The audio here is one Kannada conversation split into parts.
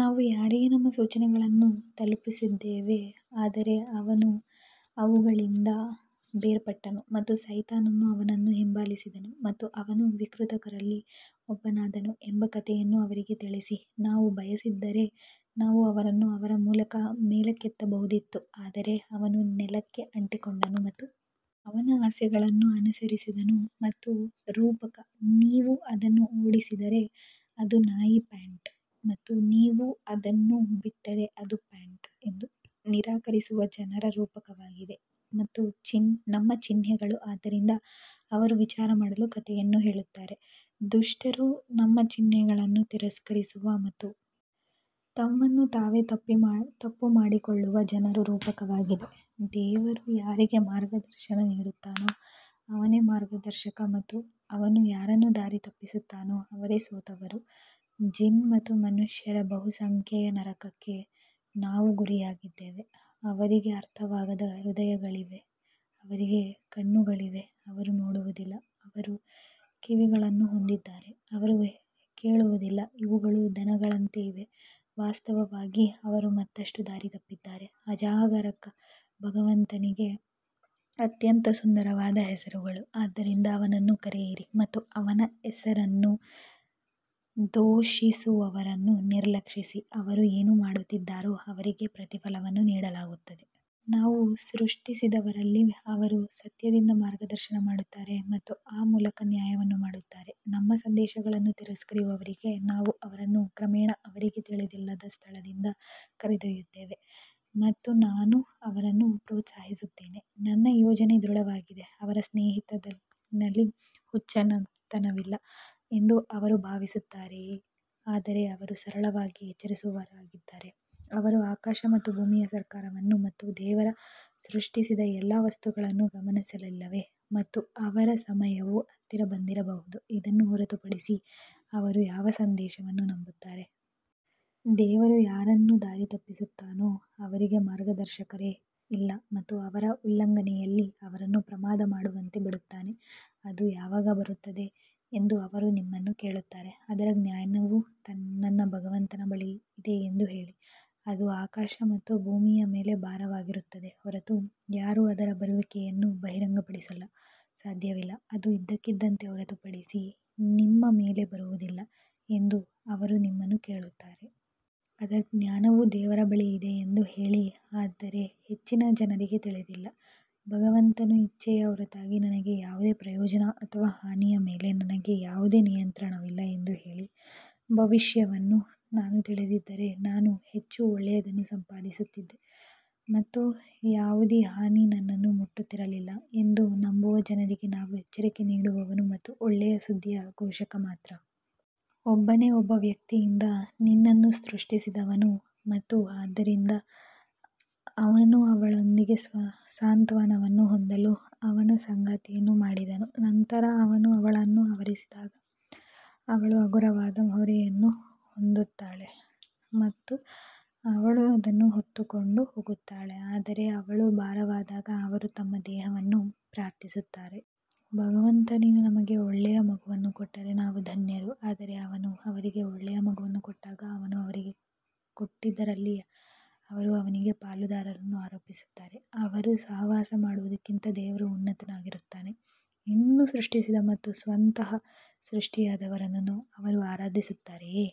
ನಾವು ಯಾರಿಗೆ ನಮ್ಮ ಸೂಚನೆಗಳನ್ನು ತಲುಪಿಸಿದ್ದೇವೆ ಆದರೆ ಅವನು ಅವುಗಳಿಂದ ಬೇರ್ಪಟ್ಟನು ಮತ್ತು ಸೈತಾನನು ಅವನನ್ನು ಹಿಂಬಾಲಿಸಿದನು ಮತ್ತು ಅವನು ವಿಕೃತಕರಲ್ಲಿ ಒಬ್ಬನಾದನು ಎಂಬ ಕಥೆಯನ್ನು ಅವರಿಗೆ ತಿಳಿಸಿ. ನಾವು ಬಯಸಿದ್ದರೆ ನಾವು ಅವರನ್ನು ಅವರ ಮೂಲಕ ಮೇಲಕ್ಕೆತ್ತಬಹುದಿತ್ತು ಆದರೆ ಅವನು ನೆಲಕ್ಕೆ ಅಂಟಿಕೊಂಡನು ಮತ್ತು ಅವನ ಆಸೆಗಳನ್ನು ಅನುಸರಿಸಿದನು ಅವನ ರೂಪಕ ನೀವು ಅದನ್ನು ಓಡಿಸಿದರೆ ಅದು ನಾಯಿ ಪ್ಯಾಂಟ್ ಮತ್ತು ನೀವು ಅದನ್ನು ಬಿಟ್ಟರೆ ಅದು ಪ್ಯಾಂಟ್ ಎಂದು ನಿರಾಕರಿಸುವ ಜನರ ರೂಪಕವಾಗಿದೆ ನಮ್ಮ ಚಿಹ್ನೆಗಳು ಆದ್ದರಿಂದ ಅವರು ವಿಚಾರಮಾಡಲು ಕಥೆಯನ್ನು ಹೇಳುತ್ತಾರೆ ದುಷ್ಟರು ನಮ್ಮ ಚಿಹ್ನೆಗಳನ್ನು ತಿರಸ್ಕರಿಸುವ ಮತ್ತು ತಮ್ಮನ್ನು ತಾವೇ ತಪ್ಪುಮಾಡಿಕೊಳ್ಳುವ ಜನರ ರೂಪಕವಾಗಿದೆ ದೇವರು ಯಾರಿಗೆ ಮಾರ್ಗದರ್ಶನ ನೀಡುತ್ತಾನೋ ಅವನೇ ಮಾರ್ಗದರ್ಶಕ ಮತ್ತು ಅವನು ಯಾರನ್ನು ದಾರಿ ತಪ್ಪಿಸುತ್ತಾನೋ ಅವರೇ ಸೋತವರು ಜಿನ್ ಮತ್ತು ಮನುಷ್ಯರ ಬಹುಸಂಖ್ಯೆಯ ನರಕಕ್ಕೆ ನಾವು ಗುರಿಯಾಗಿದ್ದೇವೆ ಅವರಿಗೆ ಅರ್ಥವಾಗದ ಹೃದಯಗಳಿವೆ ಅವರಿಗೆ ಕಣ್ಣುಗಳಿವೆ ಅವರು ನೋಡುವುದಿಲ್ಲ ಅವರು ಕಿವಿಗಳನ್ನು ಹೊಂದಿದ್ದಾರೆ ಅವರು ಕೇಳುವುದಿಲ್ಲ ಇವುಗಳು ದನಗಳಂತೆ ಇವೆ ವಾಸ್ತವವಾಗಿ ಅವರು ಮತ್ತಷ್ಟು ದಾರಿತಪ್ಪಿದ್ದಾರೆ ಅಜಾಗರೂಕ ಭಗವಂತನಿಗೆ ಅತ್ಯಂತ ಸುಂದರವಾದ ಹೆಸರುಗಳು, ಆದ್ದರಿಂದ ಅವನನ್ನು ಕರೆಯಿರಿ ಮತ್ತು ಅವನ ಹೆಸರನ್ನು ದೂಷಿಸುವವರನ್ನು ನಿರ್ಲಕ್ಷಿಸಿ ಅವರು ಏನು ಮಾಡುತ್ತಿದ್ದಾರೋ ಅವರಿಗೆ ಪ್ರತಿಫಲವನ್ನು ನೀಡಲಾಗುತ್ತದೆ. ನಾವು ಸೃಷ್ಟಿಸಿದವರಲ್ಲಿ ಅವರು ಸತ್ಯದಿಂದ ಮಾರ್ಗದರ್ಶನ ಮಾಡುತ್ತಾರೆ ಮತ್ತು ಆ ಮೂಲಕ ನ್ಯಾಯವನ್ನು ಮಾಡುತ್ತಾರೆ ನಮ್ಮ ಸಂದೇಶಗಳನ್ನು ತಿರಸ್ಕರಿಸುವವರಿಗೆ ನಾವು ಅವರನ್ನು ಕ್ರಮೇಣ ಅವರಿಗೆ ತಿಳಿದಿಲ್ಲದ ಸ್ಥಳದಿಂದ ಕರೆದೊಯ್ಯುತ್ತೇವೆ ಮತ್ತು ನಾನು ಅವರನ್ನು ಪ್ರೋತ್ಸಾಹಿಸುತ್ತೇನೆ ನನ್ನ ಯೋಜನೆ ದೃಢವಾಗಿದೆ ಅವರ ಸ್ನೇಹಿತನಲ್ಲಿ ಹುಚ್ಚುತನವಿಲ್ಲ ಎಂದು ಅವರು ಭಾವಿಸುತ್ತಾರೆಯೇ ಆದರೆ ಅವರು ಸರಳವಾಗಿ ಎಚ್ಚರಿಸುವವರಾಗಿದ್ದಾರೆ ಅವರು ಆಕಾಶ ಮತ್ತು ಭೂಮಿಯ ಸರ್ಕಾರವನ್ನು ಮತ್ತು ದೇವರು ಸೃಷ್ಟಿಸಿದ ಎಲ್ಲಾ ವಸ್ತುಗಳನ್ನು ಗಮನಿಸಲಿಲ್ಲವೇ ಮತ್ತು ಅವರ ಸಮಯವು ಹತ್ತಿರ ಬಂದಿರಬಹುದು ಇದನ್ನು ಹೊರತುಪಡಿಸಿ ಅವರು ಯಾವ ಸಂದೇಶವನ್ನು ನಂಬುತ್ತಾರೆ? ದೇವರು ಯಾರನ್ನು ದಾರಿತಪ್ಪಿಸುತ್ತಾನೋ ಅವರಿಗೆ ಮಾರ್ಗದರ್ಶಕರೇ ಇಲ್ಲ ಮತ್ತು ಅವರ ಉಲ್ಲಂಘನೆಯಲ್ಲಿ ಅವರನ್ನು ಪ್ರಮಾದ ಮಾಡುವಂತೆ ಬಿಡುತ್ತಾನೆ ಅದು ಯಾವಾಗ ಬರುತ್ತದೆ ಎಂದು ಅವರು ನಿಮ್ಮನ್ನು ಕೇಳುತ್ತಾರೆ, ಅದರ ಜ್ಞಾನವು ನನ್ನ ಭಗವಂತನ ಬಳಿ ಇದೆ ಎಂದು ಹೇಳಿ, ಅದು ಆಕಾಶ ಮತ್ತು ಭೂಮಿಯ ಮೇಲೆ ಭಾರವಾಗಿರುತ್ತದೆ ಹೊರತು ಯಾರೂ ಅದರ ಬರುವಿಕೆಯನ್ನು ಬಹಿರಂಗಪಡಿಸಲು ಸಾಧ್ಯವಿಲ್ಲ, ಅದು ಇದ್ದಕ್ಕಿದ್ದಂತೆ ಹೊರತುಪಡಿಸಿ ನಿಮ್ಮ ಮೇಲೆ ಬರುವುದಿಲ್ಲ ಎಂದು ಅವರು ನಿಮ್ಮನ್ನು ಕೇಳುತ್ತಾರೆ. ಅದರ ಜ್ಞಾನವು ದೇವರ ಬಳಿ ಇದೆ ಎಂದು ಹೇಳಿ ಆದರೆ ಹೆಚ್ಚಿನ ಜನರಿಗೆ ತಿಳಿದಿಲ್ಲ ಭಗವಂತನ ಇಚ್ಛೆಯ ಹೊರತಾಗಿ ನನಗೆ ಯಾವುದೇ ಪ್ರಯೋಜನ ಅಥವಾ ಹಾನಿಯ ಮೇಲೆ ನನಗೆ ಯಾವುದೇ ನಿಯಂತ್ರಣವಿಲ್ಲ ಎಂದು ಹೇಳಿ, ಭವಿಷ್ಯವನ್ನು ನಾನು ತಿಳಿದಿದ್ದರೆ ನಾನು ಹೆಚ್ಚು ಒಳ್ಳೆಯದನ್ನು ಸಂಪಾದಿಸುತ್ತಿದ್ದೆ ಮತ್ತು ಯಾವುದೇ ಹಾನಿ ನನ್ನನ್ನು ಮುಟ್ಟುತ್ತಿರಲಿಲ್ಲ ಎಂದು ನಂಬುವ ಜನರಿಗೆ ನಾನು ಎಚ್ಚರಿಕೆ ನೀಡುವವನು ಮತ್ತು ಒಳ್ಳೆಯ ಸುದ್ದಿಯ ಘೋಷಕ ಮಾತ್ರ. ಒಬ್ಬನೇ ಒಬ್ಬ ವ್ಯಕ್ತಿಯಿಂದ ನಿನ್ನನ್ನು ಸೃಷ್ಟಿಸಿದವನು ಮತ್ತು ಅದರಿಂದ ಅವನು ಅವಳೊಂದಿಗೆ ಸಾಂತ್ವನವನ್ನು ಹೊಂದಲು ಅವನ ಸಂಗಾತಿಯನ್ನು ಮಾಡಿದನು ನಂತರ ಅವನು ಅವಳನ್ನು ಆವರಿಸಿದಾಗ ಅವಳು ಹಗುರವಾದ ಹೊರೆಯನ್ನು ಹೊಂದುತ್ತಾಳೆ ಮತ್ತು ಅವಳು ಅದನ್ನು ಹೊತ್ತುಕೊಂಡು ಹೋಗುತ್ತಾಳೆ ಆದರೆ ಅವಳು ಭಾರವಾದಾಗ ಅವರು ತಮ್ಮ ದೇವರನ್ನು ಪ್ರಾರ್ಥಿಸುತ್ತಾರೆ. ಭಗವಂತ ನೀನು ನಮಗೆ ಒಳ್ಳೆಯ ಮಗುವನ್ನು ಕೊಟ್ಟರೆ ನಾವು ಧನ್ಯರು ಆದರೆ ಅವನು ಅವರಿಗೆ ಒಳ್ಳೆಯ ಮಗುವನ್ನು ಕೊಟ್ಟಾಗ ಅವನು ಅವರಿಗೆ ಕೊಟ್ಟಿದ್ದರಲ್ಲಿ ಅವರು ಅವನಿಗೆ ಪಾಲುದಾರರನ್ನು ಆರೋಪಿಸುತ್ತಾರೆ, ಅವರು ಸಹವಾಸ ಮಾಡುವದಕ್ಕಿಂತ ದೇವರು ಉನ್ನತನಾಗಿರುತ್ತಾನೆ. ಏನನ್ನೂ ಸೃಷ್ಟಿಸದ ಮತ್ತು ಸ್ವತಃ ಸೃಷ್ಟಿಯಾದವರನ್ನು ಅವರು ಆರಾಧಿಸುತ್ತಾರೆಯೇ?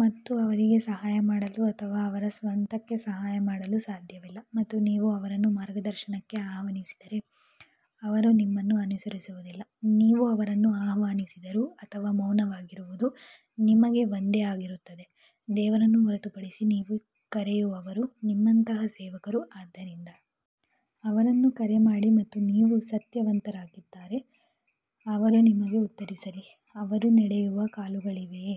ಮತ್ತು ಅವರಿಗೆ ಸಹಾಯ ಮಾಡಲು ಅಥವಾ ಅವರ ಸ್ವಂತಕ್ಕೆ ಸಹಾಯ ಮಾಡಲು ಸಾಧ್ಯವಿಲ್ಲ ಮತ್ತು ನೀವು ಅವರನ್ನು ಮಾರ್ಗದರ್ಶನಕ್ಕೆ ಆಹ್ವಾನಿಸಿದರೆ ಅವರು ನಿಮ್ಮನ್ನು ಅನುಸರಿಸುವುದಿಲ್ಲ ನೀವು ಅವರನ್ನು ಆಹ್ವಾನಿಸಿದರೂ ಅಥವಾ ಮೌನವಾಗಿರುವುದು ನಿಮಗೆ ಒಂದೇ ಆಗಿರುತ್ತದೆ. ದೇವರನ್ನು ಹೊರತುಪಡಿಸಿ ನೀವು ಕರೆಯುವವರು ನಿಮ್ಮಂತಹ ಸೇವಕರು ಆದ್ದರಿಂದ ಅವರನ್ನು ಕರೆ ಮಾಡಿ ಮತ್ತು ನೀವು ಸತ್ಯವಂತರಾಗಿದ್ದರೆ ಅವರು ನಿಮಗೆ ಉತ್ತರಿಸಲಿ ಅವರು ನಡೆಯುವ ಕಾಲುಗಳಿವೆಯೇ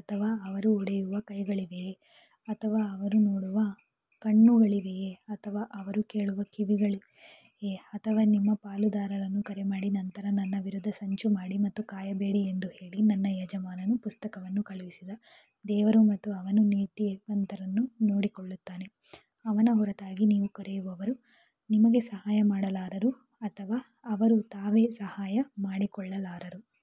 ಅಥವಾ ಅವರು ಹೊಡೆಯುವ ಕೈಗಳಿವೆಯೇ ಅಥವಾ ಅವರು ನೋಡುವ ಕಣ್ಣುಗಳಿವೆಯೇ ಅಥವಾ ಅವರು ಕೇಳುವ ಕಿವಿಗಳಿವೆಯೇ ಅಥವಾ ನಿಮ್ಮ ಪಾಲುದಾರರನ್ನು ಕರೆ ಮಾಡಿ ನಂತರ ನನ್ನ ವಿರುದ್ಧ ಸಂಚು ಮಾಡಿ ಮತ್ತು ಕಾಯಬೇಡಿ ಎಂದು ಹೇಳಿ ನನ್ನ ಯಜಮಾನನು ಪುಸ್ತಕವನ್ನು ಕಳುಹಿಸಿದ ದೇವರು ಮತ್ತು ಅವನು ನೀತಿವಂತರನ್ನು ನೋಡಿಕೊಳ್ಳುತ್ತಾನೆ ಅವನ ಹೊರತಾಗಿ ನೀವು ಕರೆಯುವವರು ನಿಮಗೆ ಸಹಾಯ ಮಾಡಲಾರರು ಅಥವಾ ಅವರು ತಾವೇ ಸಹಾಯ ಮಾಡಿಕೊಳ್ಳಲಾರರು.